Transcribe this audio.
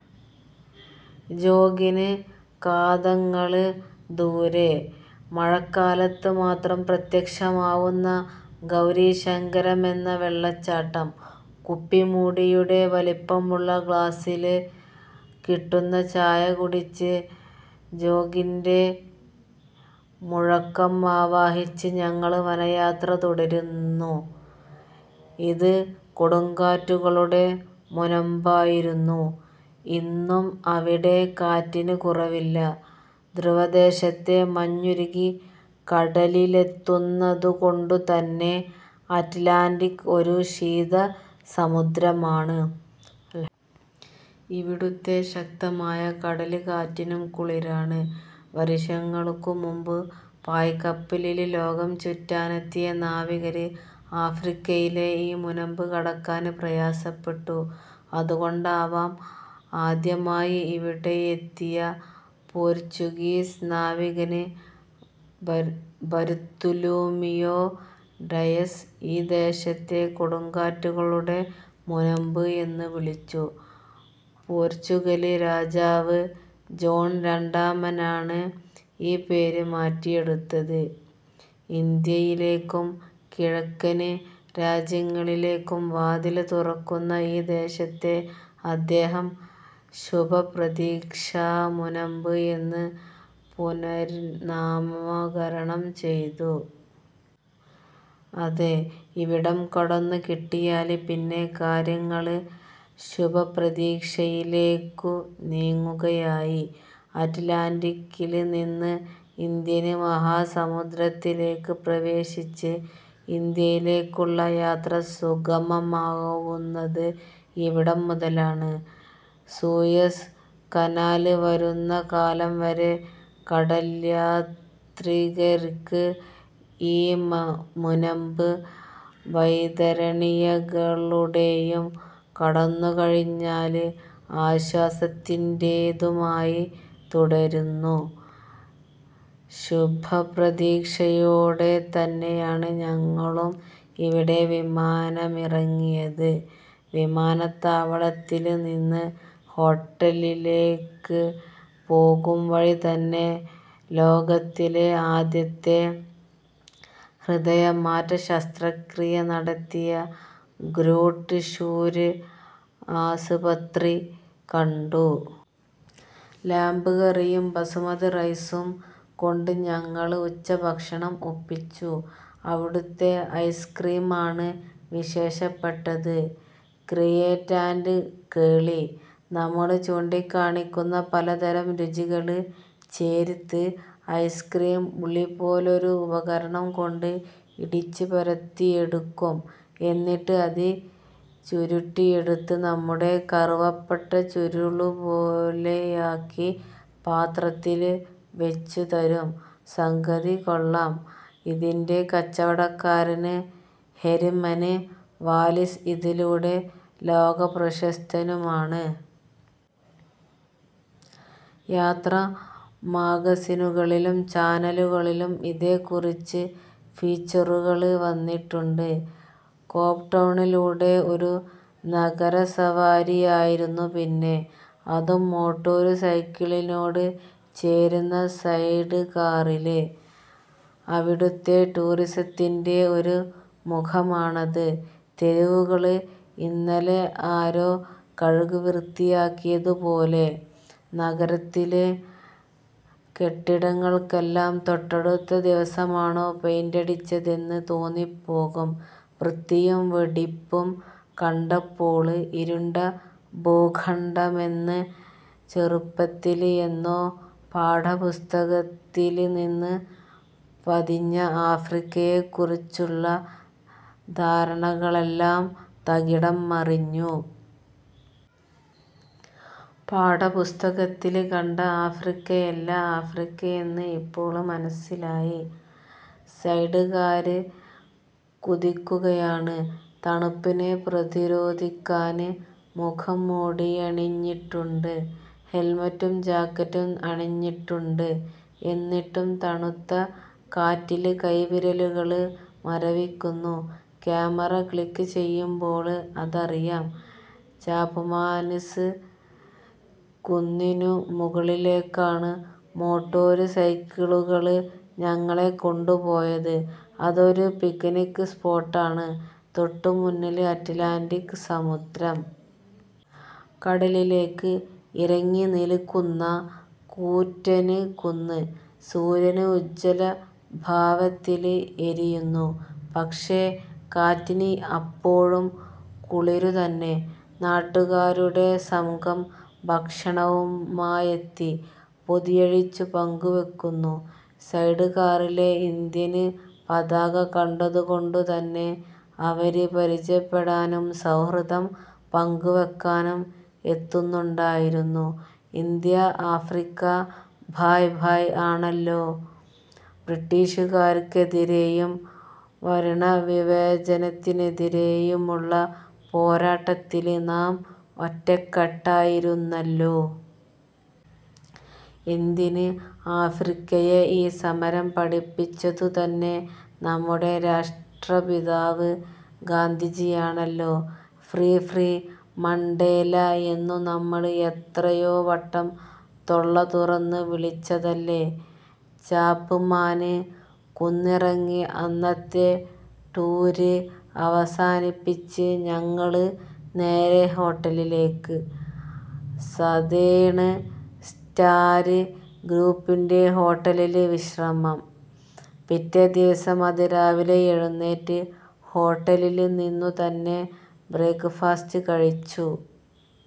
ജോഗിന് കാതങ്ങള് ദൂരെ, മഴക്കാലത്ത് മാത്രം പ്രത്യക്ഷമാവുന്ന ഗൗരീശങ്കരമെന്ന വെളളച്ചാട്ടം. കുപ്പിമൂടിയുടെ വലിപ്പമുളള ഗ്ലാസ്സില് കിട്ടുന്ന ചായ കുടിച്ച് ജോഗിന്റെ മുഴക്കം ആവാഹിച്ച് ഞങ്ങള് വനയാത്ര തുടരരുന്നു. ഇത് കൊടുങ്കാറ്റുകളുടെ മുനമ്പായിരുന്നു. ഇന്നും അവിടെ കാറ്റിന് കുറവില്ല. ധ്രുവദേശത്തെ മഞ്ഞുരുകി കടലിലെത്തുന്നതുകൊണ്ടുതന്നെ അറ്റ്ലാന്റിക് ഒരു ശീത സമുദ്രമാണ്. ഇവിടുത്തെ ശക്തമായ കടല്ക്കാറ്റിനും കുളിരാണ്. വര്ഷങ്ങള്ക്കു മുമ്പ് പായ്ക്കപ്പലില് ലോകംചുറ്റാനെത്തിയ നാവികര് ആഫ്രിക്കയിലെ ഈ മുനമ്പ് കടക്കാന് പ്രയാസപ്പെട്ടു. അതുകൊണ്ടാവാം, ആദ്യമായി ഇവിടെയെത്തിയ പോര്ച്ചുഗീസ് നാവികന് ബര് ബര്ത്തുലൂമിയോ ഡയസ് ഈ ദേശത്തെ കൊടുങ്കാറ്റുകളുടെ മുനമ്പ് എന്നുവിളിച്ചു. പോര്ച്ചുഗല് രാജാവ് ജോണ് രണ്ടാമനാണ് ഈ പേര് മാറ്റിയെടുത്തത്. ഇന്ത്യയിലേക്കും കിഴക്കന് രാജ്യങ്ങളിലേക്കും വാതില് തുറക്കുന്ന ഈ ദേശത്തെ അദ്ദേഹം ശുഭപ്രതീക്ഷാ മുനമ്പ് എന്ന് പുനര്നാമകരണം ചെയ്തു. അതേ, ഇവിടം കടന്നുകിട്ടിയാല് പിന്നെ കാര്യങ്ങള് ശുഭപ്രതീക്ഷയിലേക്കു നീങ്ങുകയായി. അറ്റ്ലാന്റിക്കില്നിന്ന് ഇന്ത്യന് മഹാസമുദ്രത്തിലേക്ക് പ്രവേശിച്ച് ഇന്ത്യയിലേക്കുള്ള യാത്ര സുഗമമാവുന്നത് ഇവിടംമുതലാണ്. സൂയസ് കനാല് വരുന്നകാലംവരെ കടല്യാത്രികര്ക്ക് ഈ മുനമ്പ് വൈതരണികളുടെയും കടന്നുകഴിഞ്ഞാല് ആശ്വാസത്തിന്റേതുമായി തുടരുന്നു. ശുഭപ്രതീക്ഷയോടെതന്നെയാണ് ഞങ്ങളും ഇവിടെ വിമാനമിറങ്ങിയത്. വിമാനത്താവളത്തില് നിന്ന് ഹോട്ടലിലേക്ക് പോകുംവഴിതന്നെ ലോകത്തിലെ ആദ്യത്തെ ഹൃദയമാറ്റ ശസ്ത്രക്രിയ നടത്തിയ ഗ്രൂട്ട് ഷൂര് ആസ്പത്രി കണ്ടു. ലാമ്പ് കറിയും ബസുമതിറൈസും കൊണ്ട് ഞങ്ങള് ഉച്ചഭക്ഷണം ഒപ്പിച്ചു. അവിടുത്തെ ഐസ്ക്രീമാണ് വിശേഷപ്പെട്ടത്. ക്രിയേറ്റ് ആന്ഡ് കേളി. നമ്മള് ചൂണ്ടിക്കാണിക്കുന്ന പലതരം രുചികള് ചേര്ത്ത് ഐസ്ക്രീം ഉളിപോലൊരു ഉപകരണം കൊണ്ട് ഇടിച്ചുപരത്തിയെടുക്കും. എന്നിട്ട് അത് ചുരണ്ടിയെടുത്ത് നമ്മുടെ കറുവപ്പട്ടച്ചുരുളുപോലെയാക്കി പാത്രത്തില് വെച്ചുതരും. സംഗതി കൊള്ളാം. ഇതിന്റെ കച്ചവടക്കാരന് ഹെര്മന് വാലിസ് ഇതിലൂടെ ലോകപ്രശസ്തനുമാണ്. യാത്ര മാഗസിനുകളിലും ചാനലുകളിലും ഇതേക്കുറിച്ച് ഫീച്ചറുകള് വന്നിട്ടുണ്ട്. കേപ്ടൗണിലൂടെ ഒരു നഗരസവാരിയായിരുന്നു പിന്നെ. അതും മോട്ടോര്സൈക്കിളിനോട് ചേര്ന്ന സൈഡ്കാറില്. അവിടുത്തെ ടൂറിസത്തിന്റെ ഒരു മുഖമാണത്. തെരുവുകള് ഇന്നലെ ആരോ കഴുകിവൃത്തിയാക്കിയതുപോലെ. നഗരത്തില് കെട്ടിടങ്ങള്ക്കെല്ലാം തൊട്ടടുത്ത ദിവസമാണോ പെയിന്റടിച്ചതെന്ന് തോന്നിപ്പോകും. വൃത്തിയും വെടിപ്പും കണ്ടപ്പോള് ഇരുണ്ട ഭൂഖണ്ഡമെന്ന് ചെറുപ്പത്തില് എന്നോ പാഠപുസ്തകത്തില്നിന്ന് പതിഞ്ഞ ആഫ്രിക്കയെക്കുറിച്ചുള്ള ധാരണകളെല്ലാം തകിടംമറിഞ്ഞു. പാഠപുസ്തകത്തില് കണ്ട ആഫ്രിക്കയല്ല ആഫ്രിക്കയെന്ന് ഇപ്പോള് മനസ്സിലായി. സൈഡ്കാര് കുതിക്കുകയാണ്. തണുപ്പിനെ പ്രതിരോധിക്കാന് മുഖംമൂടിയണിഞ്ഞിട്ടുണ്ട്. ഹെല്മെറ്റും ജാക്കറ്റും അണിഞ്ഞിട്ടുണ്ട്. എന്നിട്ടും തണുത്ത കാറ്റില് കൈവിരലുകള് മരവിക്കുന്നു. ക്യാമറ ക്ലിക്ക് ചെയ്യുമ്പോള് അതറിയാം. ചാപ്മാന്സ് കുന്നിനു മുകളിലേക്കാണ് മോട്ടോര്സൈക്കിളുകള് ഞങ്ങളെ കൊണ്ടുപോയത്. അതൊരു പിക്നിക് സ്പോട്ടാണ്. തൊട്ടുമുന്നില് അറ്റ്ലാന്റിക് സമുദ്രം. കടലിലേക്ക് ഇറങ്ങിനില്ക്കുന്ന കൂറ്റന് കുന്ന്. സൂര്യന് ഉജ്ജ്വലഭാവത്തില് എരിയുന്നു. പക്ഷേ, കാറ്റിന് അപ്പോഴും കുളിരുതന്നെ. നാട്ടുകാരുടെ സംഘം ഭക്ഷണവുമായെത്തി പൊതിയഴിച്ചു പങ്കുവെക്കുന്നു. സൈഡ് കാറിലെ ഇന്ത്യന്പതാക കണ്ടതുകൊണ്ടുതന്നെ അവര് പരിചയപ്പെടാനും സൗഹൃദം പങ്കുവെക്കാനും എത്തുന്നുണ്ടായിരുന്നു. ഇന്ത്യാ ആഫ്രിക്കാ ഭായ് ഭായ് ആണല്ലോ. ബ്രിട്ടീഷുകാര്ക്കെതിരെയും വര്ണവിവേചനത്തിനെതിരെയുമുള്ള പോരാട്ടത്തില് നാം ഒറ്റക്കെട്ടായിരുന്നല്ലോ. എന്തിന് ആഫ്രിക്കയെ ഈ സമരം പഠിപ്പിച്ചതുതന്നെ നമ്മുടെ രാഷ്ട്രപിതാവ് ഗാന്ധിജിയാണല്ലോ. ഫ്രീ ഫ്രീ മണ്ടേല എന്നു നമ്മള് എത്രയോവട്ടം തൊള്ളതുറന്ന് വിളിച്ചതല്ലേ. ചാപ്മാന് കുന്നിറങ്ങി അന്നത്തെ ടൂര് അവസാനിപ്പിച്ച് ഞങ്ങള് നേരെ ഹോട്ടലിലേക്ക്. സതേണ് സ്റ്റാര് ഗ്രൂപ്പിന്റെ ഹോട്ടലില് വിശ്രമം. പിറ്റേദിവസം അതിരാവിലെ എഴുന്നേറ്റ് ഹോട്ടലില്നിന്നുതന്നെ ബ്രേക്ക് ഫാസ്റ്റ് കഴിച്ചു.